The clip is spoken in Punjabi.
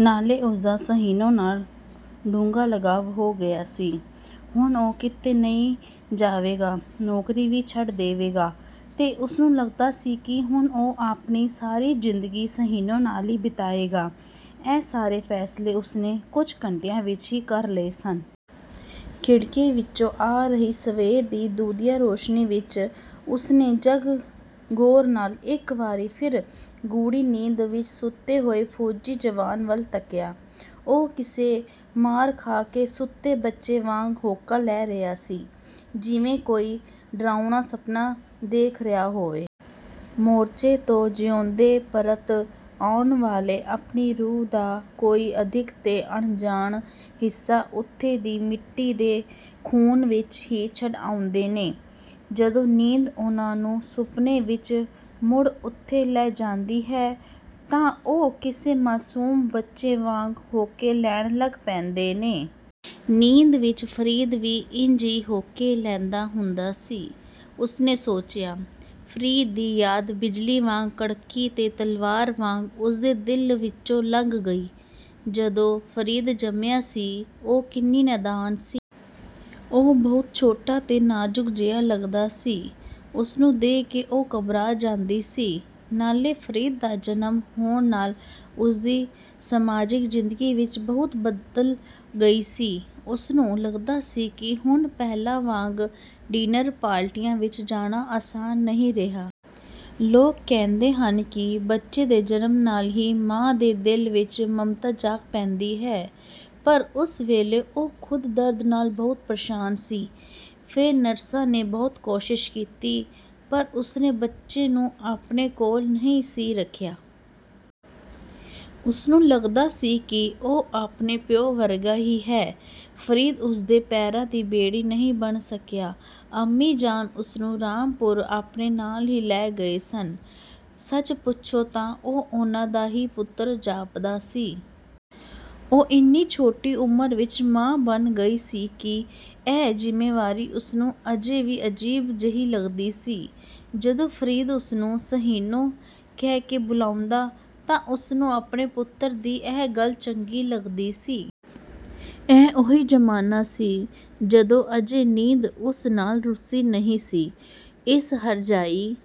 ਨਾਲੇ ਉਸਦਾ ਸ਼ਹੀਨੋ ਨਾਲ ਡੂੰਘਾ ਲਗਾਅ ਹੋ ਗਿਆ ਸੀ। ਹੁਣ ਉਹ ਕਿਤੇ ਨਹੀਂ ਜਾਵੇਗਾ। ਨੌਕਰੀ ਵੀ ਛੱਡ ਦੇਵੇਗਾ ਤੇ ਉਸਨੂੰ ਲੱਗਦਾ ਸੀ ਕਿ ਹੁਣ ਉਹ ਆਪਣੀ ਸਾਰੀ ਜ਼ਿੰਦਗੀ ਸ਼ਹੀਨੋ ਨਾਲ ਹੀ ਬਿਤਾਏਗਾ। ਇਹ ਸਾਰੇ ਫ਼ੈਸਲੇ ਉਸਨੇ ਕੁਝ ਘੰਟਿਆਂ ਵਿੱਚ ਹੀ ਕਰ ਲਏ ਸਨ। ਖਿੜਕੀ ਵਿਚੋਂ ਆ ਰਹੀ ਸਵੇਰ ਦੀ ਦੁੱਧੀਆ ਰੋਸ਼ਨੀ ਵਿੱਚ ਉਸਨੇ ਜ਼ਰਾ ਗੌਰ ਨਾਲ ਇੱਕ ਵਾਰੀ ਫਿਰ ਗੂੜ੍ਹੀ ਨੀਂਦ ਵਿੱਚ ਸੁੱਤੇ ਹੋਏ ਫੌਜੀ ਜਵਾਨ ਵੱਲ ਤੱਕਿਆ। ਉਹ ਕਿਸੇ ਮਾਰ ਖਾ ਕੇ ਸੁੱਤੇ ਬੱਚੇ ਵਾਂਗ ਹੌਂਕਾ ਲੈ ਰਿਹਾ ਸੀ, ਜਿਵੇਂ ਕੋਈ ਡਰਾਉਣਾ ਸੁਪਨਾ ਦੇਖ ਰਿਹਾ ਹੋਵੇ। ਮੋਰਚੇ ਤੋਂ ਜਿਊਂਦੇ ਪਰਤ ਆਉਣ ਵਾਲੇ ਆਪਣੀ ਰੂਹ ਦਾ ਕੋਈ ਅਦਿੱਖ ਤੇ ਅਣਜਾਣ ਹਿੱਸਾ ਉੱਥੋਂ ਦੀ ਮਿੱਟੀ ਤੇ ਖ਼ੂਨ ਵਿੱਚ ਹੀ ਛੱਡ ਆਉਂਦੇ ਨੇ। ਜਦੋਂ ਨੀਂਦ ਉਹਨਾਂ ਨੂੰ ਸੁਪਨੇ ਵਿੱਚ ਮੁੜ ਉੱਥੇ ਲੈ ਜਾਂਦੀ ਹੈ, ਤਾਂ ਉਹ ਕਿਸੇ ਮਾਸੂਮ ਬੱਚੇ ਵਾਂਗ ਹੌਂਕੇ ਲੈਣ ਲੱਗ ਪੈਂਦੇ ਨੇ। "ਨੀਂਦ ਵਿੱਚ ਫ਼ਰੀਦ ਵੀ ਇੰਝ ਹੀ ਹੌਂਕੇ ਲੈਂਦਾ ਹੁੰਦਾ ਸੀ," ਉਸਨੇ ਸੋਚਿਆ। ਫ਼ਰੀਦ ਦੀ ਯਾਦ ਬਿਜਲੀ ਵਾਂਗ ਕੜਕੀ ਤੇ ਤਲਵਾਰ ਵਾਂਗ ਉਸਦੇ ਦਿਲ ਵਿੱਚੋਂ ਲੰਘ ਗਈ। ਜਦੋਂ ਫ਼ਰੀਦ ਜੰਮਿਆ ਸੀ, ਉਹ ਕਿੰਨੀ ਨਾਦਾਨ ਸੀ। ਉਹ ਬਹੁਤ ਛੋਟਾ ਤੇ ਨਾਜ਼ੁਕ ਜਿਹਾ ਲੱਗਦਾ ਸੀ, ਉਸਨੂੰ ਦੇਖ ਕੇ ਉਹ ਘਬਰਾ ਜਾਂਦੀ ਸੀ। ਨਾਲੇ ਫ਼ਰੀਦ ਦਾ ਜਨਮ ਹੋਣ ਨਾਲ ਉਸਦੀ ਸਮਾਜਿਕ ਜ਼ਿੰਦਗੀ ਵੀ ਬਹੁਤ ਬਦਲ ਗਈ ਸੀ। ਉਸਨੂੰ ਲੱਗਦਾ ਸੀ ਕਿ ਹੁਣ ਪਹਿਲਾਂ ਵਾਂਗ ਡਿਨਰ ਪਾਰਟੀਆਂ ਵਿੱਚ ਜਾਣਾ ਆਸਾਨ ਨਹੀਂ ਰਿਹਾ। ਲੋਕ ਕਹਿੰਦੇ ਹਨ ਕਿ ਬੱਚੇ ਦੇ ਜਨਮ ਨਾਲ ਹੀ ਮਾਂ ਦੇ ਦਿਲ ਵਿੱਚ ਮਮਤਾ ਜਾਗ ਪੈਂਦੀ ਹੈ, ਪਰ ਉਸ ਵੇਲੇ ਉਹ ਖ਼ੁਦ ਦਰਦ ਨਾਲ ਬਹੁਤ ਪਰੇਸ਼ਾਨ ਸੀ। ਫੇਰ ਨਰਸਾਂ ਨੇ ਬਹੁਤ ਕੋਸ਼ਿਸ਼ ਕੀਤੀ, ਪਰ ਉਸਨੇ ਬੱਚੇ ਨੂੰ ਆਪਣੇ ਕੋਲ ਨਹੀਂ ਸੀ ਰੱਖਿਆ। ਉਸਨੂੰ ਲੱਗਦਾ ਸੀ ਕਿ ਉਹ ਆਪਣੇ ਪਿਉ ਵਰਗਾ ਹੀ ਹੈ। ਫ਼ਰੀਦ ਉਸਦੇ ਪੈਰਾਂ ਦੀ ਬੇੜੀ ਨਹੀਂ ਬਣ ਸਕਿਆ। ਅੰਮੀ ਜਾਨ ਉਸਨੂੰ ਰਾਮਪੁਰ ਆਪਣੇ ਨਾਲ ਹੀ ਲੈ ਗਏ ਸਨ। ਸੱਚ ਪੁੱਛੋ ਤਾਂ ਉਹ ਉਹਨਾਂ ਦਾ ਹੀ ਪੁੱਤਰ ਜਾਪਦਾ ਸੀ। ਉਹ ਏਨੀ ਛੋਟੀ ਉਮਰ ਵਿੱਚ ਮਾਂ ਬਣ ਗਈ ਸੀ ਕਿ ਇਹ ਜ਼ਿੰਮੇਵਾਰੀ ਉਸਨੂੰ ਅਜੇ ਵੀ ਅਜੀਬ ਜਿਹੀ ਲੱਗਦੀ ਸੀ। ਜਦੋਂ ਫ਼ਰੀਦ ਉਸਨੂੰ "ਸ਼ਹੀਨੋ" ਕਹਿ ਕੇ ਬੁਲਾਂਦਾ, ਤਾਂ ਉਸਨੂੰ ਆਪਣੇ ਪੁੱਤਰ ਦੀ ਇਹ ਗੱਲ ਚੰਗੀ ਲੱਗਦੀ ਸੀ। ਇਹ ਉਹੀ ਜ਼ਮਾਨਾ ਸੀ, ਜਦੋਂ ਅਜੇ ਨੀਂਦ ਉਸ ਨਾਲ ਰੁੱਸੀ ਨਹੀਂ ਸੀ। ਇਸ ਹਰਜਾਈ...